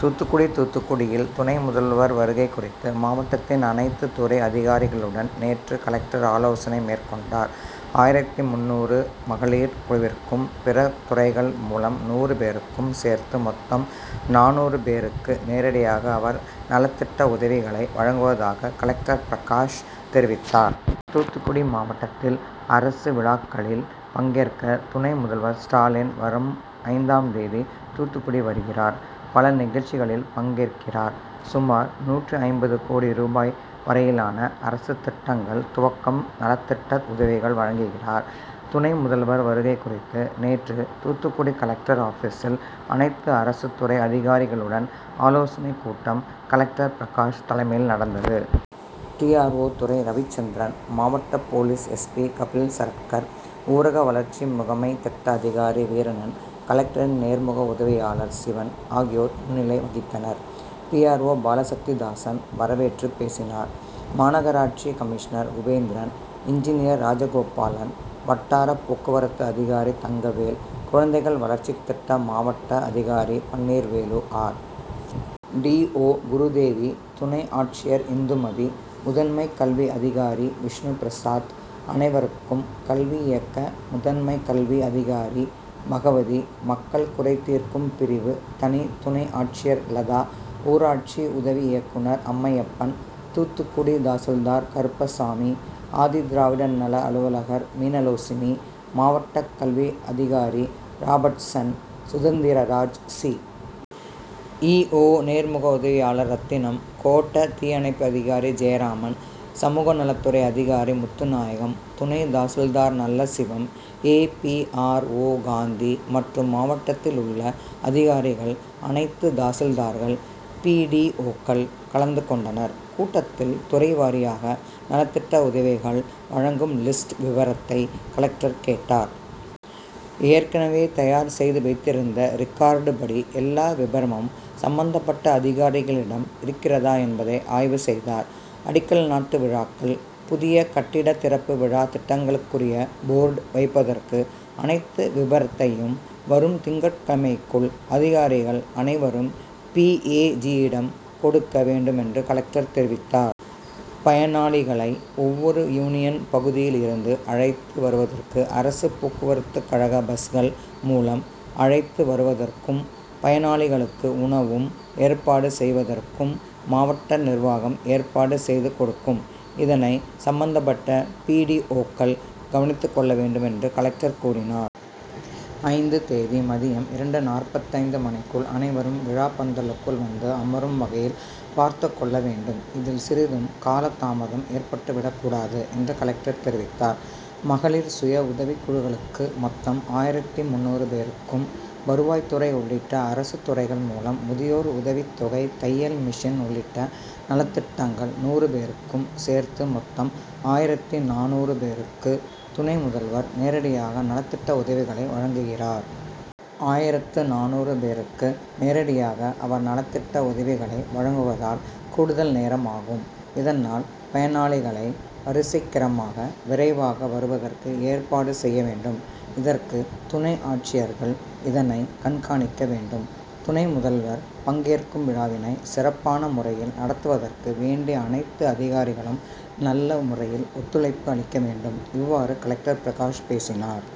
தூத்துக்குடி தூத்துக்குடியில் துணை முதல்வர் வருகை குறித்து மாவட்டத்தின் அனைத்து துறை அதிகாரிகளுடன் நேற்று கலெக்டர் ஆலோசனை மேற்கொண்டார். ஆயிரத்து முன்னூறு மகளிர் குழுவிற்கும் பிற துறைகள் மூலம் நூறு பேருக்கும் சேர்த்து மொத்தம் நானூறு பேருக்கு நேரடியாக அவர் நலத்திட்ட உதவிகளை வழங்குவதாக கலெக்டர் பிரகாஷ் தெரிவித்தார். தூத்துக்குடி மாவட்டத்தில் அரசு விழாக்களில் பங்கேற்க துணை முதல்வர் ஸ்டாலின் வரும் ஐந்தாம் தேதி தூத்துக்குடி வருகிறார். பல நிகழ்ச்சிகளில் பங்கேற்கிறார். சுமார் நூற்று ஐம்பது கோடி ரூபாய் வரையிலான அரசு திட்டங்கள் துவக்கம் நலத்திட்ட உதவிகள் வழங்குகிறார். துணை முதல்வர் வருகை குறித்து நேற்று தூத்துக்குடி கலெக்டர் ஆபிசில் அனைத்து அரசுத்துறை அதிகாரிகளுடன் ஆலோசனை கூட்டம் கலெக்டர் பிரகாஷ் தலைமையில் நடந்தது. D. R. O Durai. Ravichandran மாவட்ட police S. P Kapil Saratkar ஊரக வளர்ச்சி முகமை திட்ட அதிகாரி வீரனன் கலெக்டரின் நேர்முக உதவியாளர் சிவன் ஆகியோர் முன்னிலை வகித்தனர். பி. ஆர். ஓ பாலசக்திதாசன் வரவேற்றுப் பேசினார். மாநகராட்சி கமிஷனர் குபேந்திரன் இன்ஜினியர் ராஜகோபாலன் வட்டார போக்குவரத்து அதிகாரி தங்கவேல் குழந்தைகள் வளர்ச்சி திட்ட மாவட்ட அதிகாரி Panneervelu R. D. O Gurudevi துணை ஆட்சியர் இந்துமதி முதன்மை கல்வி அதிகாரி விஷ்ணுபிரசாத் அனைவருக்கும் கல்வி இயக்க முதன்மை கல்வி அதிகாரி பகவதி மக்கள் குறைதீர்க்கும் பிரிவு தனி துணை ஆட்சியர் லதா ஊராட்சி உதவி இயக்குநர் அம்மையப்பன் தூத்துக்குடி தாசில்தார் கருப்பசாமி ஆதிதிராவிட நல அலுவலர் மீனலோசினி மாவட்ட கல்வி அதிகாரி ராபர்ட்சன் சுதந்திரராஜ் சி. இ. ஓ நேர்முக உதவியாளர் ரத்தினம் கோட்ட தீயணைப்பு அதிகாரி ஜெயராமன் சமூகநலத்துறை அதிகாரி முத்துநாயகம் துணை தாசில்தார் Nallasivan A. P. R. O Gandhi மற்றும் மாவட்டத்தில் உள்ள அதிகாரிகள் அனைத்து தாசில்தார்கள் பி. டி. ஓக்கள் கலந்து கொண்டனர். கூட்டத்தில் துறைவாரியாக நலத்திட்ட உதவிகள் வழங்கும் லிஸ்ட் விபரத்தை கலெக்டர் கேட்டார். ஏற்கனவே தயார் செய்து வைத்திருந்த ரிக்கார்டு படி எல்லா விபரமும் சம்பந்தப்பட்ட அதிகாரிகளிடம் இருக்கிறதா என்பதை ஆய்வு செய்தார். அடிக்கல் நாட்டு விழாக்கள் புதிய கட்டட திறப்பு விழா திட்டங்களுக்குரிய போர்டு வைப்பதற்கு அனைத்து விபரத்தையும் வரும் திங்கட்கிழமைக்குள் அதிகாரிகள் அனைவரும் பி. ஏ. ஜியிடம் கொடுக்க வேண்டும் என்று கலெக்டர் தெரிவித்தார். பயனாளிகளை ஒவ்வொரு யூனியன் பகுதியில் இருந்து அழைத்து வருவதற்கு அரசு போக்குவரத்துகழக பஸ்கள் மூலம் அழைத்து வருவதற்கும் பயனாளிகளுக்கு உணவும் ஏற்பாடு செய்துவதற்கும் மாவட்ட நிர்வாகம் ஏற்பாடு செய்து கொடுக்கும். இதனை சம்பந்தப்பட்ட பி. டி. ஓக்கள் கவனித்து கொள்ள வேண்டும் என்று கலெக்டர் கூறினார். ஐந்து தேதி மதியம் இரண்டு.நாற்பத்தைந்து மணிக்குள் அனைவரும் விழா பந்தலுக்குள் வந்து அமரும் வகையில் பார்த்து கொள்ள வேண்டும். இதில் சிறிதும் காலதாமதம் ஏற்பட்டு விடக் கூடாது என்று கலெக்டர் தெரிவித்தார். மகளிர் சுய உதவிக்குழுக்களுக்கு மொத்தம் ஆயிரத்து முன்னூறு பேருக்கும் வருவாய்துறை உள்ளிட்ட அரசு துறைகள் மூலம் முதியோர் உதவித் தொகை தையல் மிஷின் உள்ளிட்ட நலத்திட்டங்கள் நூறு பேருக்கும் சேர்த்து மொத்தம் ஆயிரத்து நானூறு பேருக்கு துணை முதல்வர் நேரடியாக நலத்திட்ட உதவிகளை வழங்குகிறார். ஆயிரத்து நானூறு பேருக்கு நேரடியாக அவர் நலத்திட்ட உதவிகளை வழங்குவதால் கூடுதல் நேரம் ஆகும். இதனால் பயனாளிகளை வரிசைக்கிரமாக விரைவாக வருவதற்கு ஏற்பாடு செய்ய வேண்டும். இதற்கு துணை ஆட்சியர்கள் இதனை கண்காணிக்க வேண்டும். துணை முதல்வர் பங்கேற்கும் விழாவினை சிறப்பான முறையில் நடத்துவதற்கு வேண்டிய அனைத்து அதிகாரிகளும் நல்ல முறையில் ஒத்துழைப்பு அளிக்க வேண்டும். இவ்வாறு கலெக்டர் பிரகாஷ் பேசினார்.